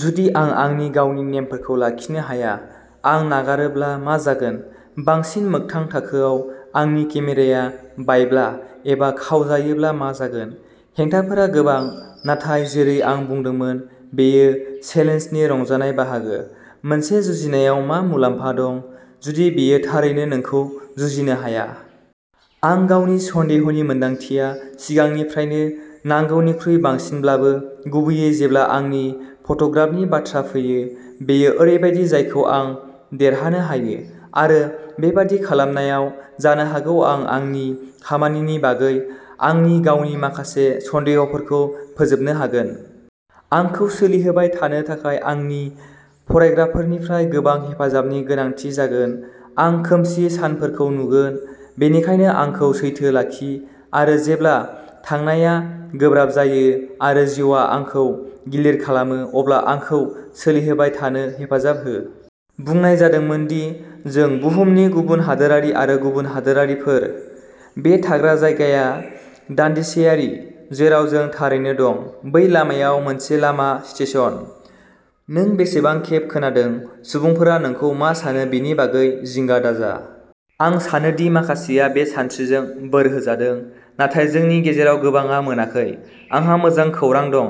जुदि आं आंनि गावनि नेमफोरखौ लाखिनो हाया? आं नागारोब्ला मा जागोन? बांसिन मोगथां थाखोआव, आंनि केमेराया बायब्ला, एबा खावजायोब्ला मा जागोन? हेंथाफोरा गोबां, नाथाय जेरै आं बुंदोंमोन, बेयो चेलेन्जनि रंजानाय बाहागो। मोनसे जुजिनायाव मा मुलाम्फा दं, जुदि बेयो थारैनो नोंखौ जुजिनो हाया? आं गावनि सन्देहनि मोनदांथिया सिगांनिफ्रायनो नांगौनिख्रुइ बांसिनब्लाबो, गुबैयै जेब्ला आंनि फट'ग्राफनि बाथ्रा फैयो, बेयो ओरैबायदि जायखौ आं देरहानो हायो। आरो, बेबादि खालामनायाव, जानो हागौ आं आंनि खामानिनि बागै आंनि गावनि माखासे सन्देहफोरखौ फोजोबनो हागोन। आंखौ सोलिहोबाय थानो थाखाय आंनि फरायग्राफोरनिफ्राय गोबां हेफाजाबनि गोनांथि जागोन। आं खोमसि सानफोरखौ नुगोन, बेनिखायनो आंखौ सैथो लाखि आरो जेब्ला थांनायआ गोब्राब जायो आरो जिउआ आंखौ गिलिर खालामो अब्ला आंखौ सोलिहोबाय थानो हेफाजाब हो। बुंनाय जादोंमोन दि जों "बुहुमनि गुबुन हादोरारि आरो गुबुन हादोरारिफोर"। बे थाग्रा जायगाया दानदिसेयारि, जेराव जों थारैनो दं, बै लामायाव मोनसे लामा स्टेशन। नों बेसेबां खेब खोनादों, "सुबुंफोरा नोंखौ मा सानो बेनि बागै जिंगा दाजा? " आं सानो दि माखासेआ बे सानस्रिजों बोर होजादों। नाथाय जोंनि गेजेराव गोबांआ मोनाखै। आंहा मोजां खौरां दं।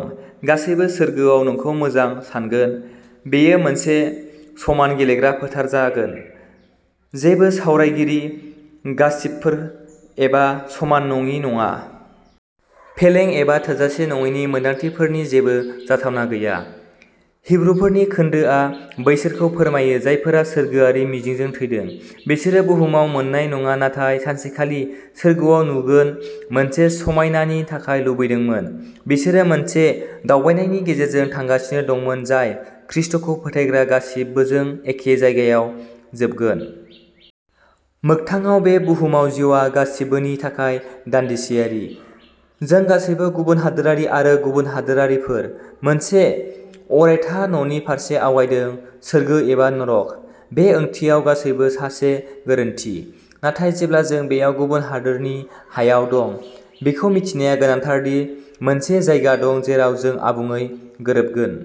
गासैबो सोरगोआव नोंखौ मोजां सान्गोन। बेयो मोनसे समान गेलेग्रा फोथार जागोन। जेबो सावरायगिरि, गासिपफोर, एबा समान नङि नङा। फेलें एबा थोजासे नङैनि मोनदांथिफोरनि जेबो जाथावना गैया। हिब्रुफोरनि खोनदोआ बैसोरखौ फोरमायो जायफोरा सोरगोआरि मिजिंजों थैदों। बिसोरो बुहुमाव मोन्नाय नङा नाथाय सानसेखालि सोरगोआव नुगोन मोनसे समायनानि थाखाय लुबैदोंमोन। बिसोरो मोनसे दावबायनायनि गेजेरजों थांगासिनो दंमोन जाय ख्रीष्टखौ फोथायग्रा गासिबोजों एखे जायगायाव जोबगोन। मोगथाङाव, बे बुहुमाव जिउआ गासिबोनि थाखाय दानदिसेयारि। जों गासैबो गुबुन हादोरारि आरो गुबुन हादोरारिफोर। मोनसे अरायथा न'नि फारसे आवगायदों, सोरगो एबा नरक। बे ओंथियाव, गासैबो सासे गोरोन्थि। नाथाय जेब्ला जों बेयाव गुबुन हादोरनि हायाव दं, बेखौ मिथिनाया गोनांथार दि मोनसे जायगा दं जेराव जों आबुङै गोरोबगोन।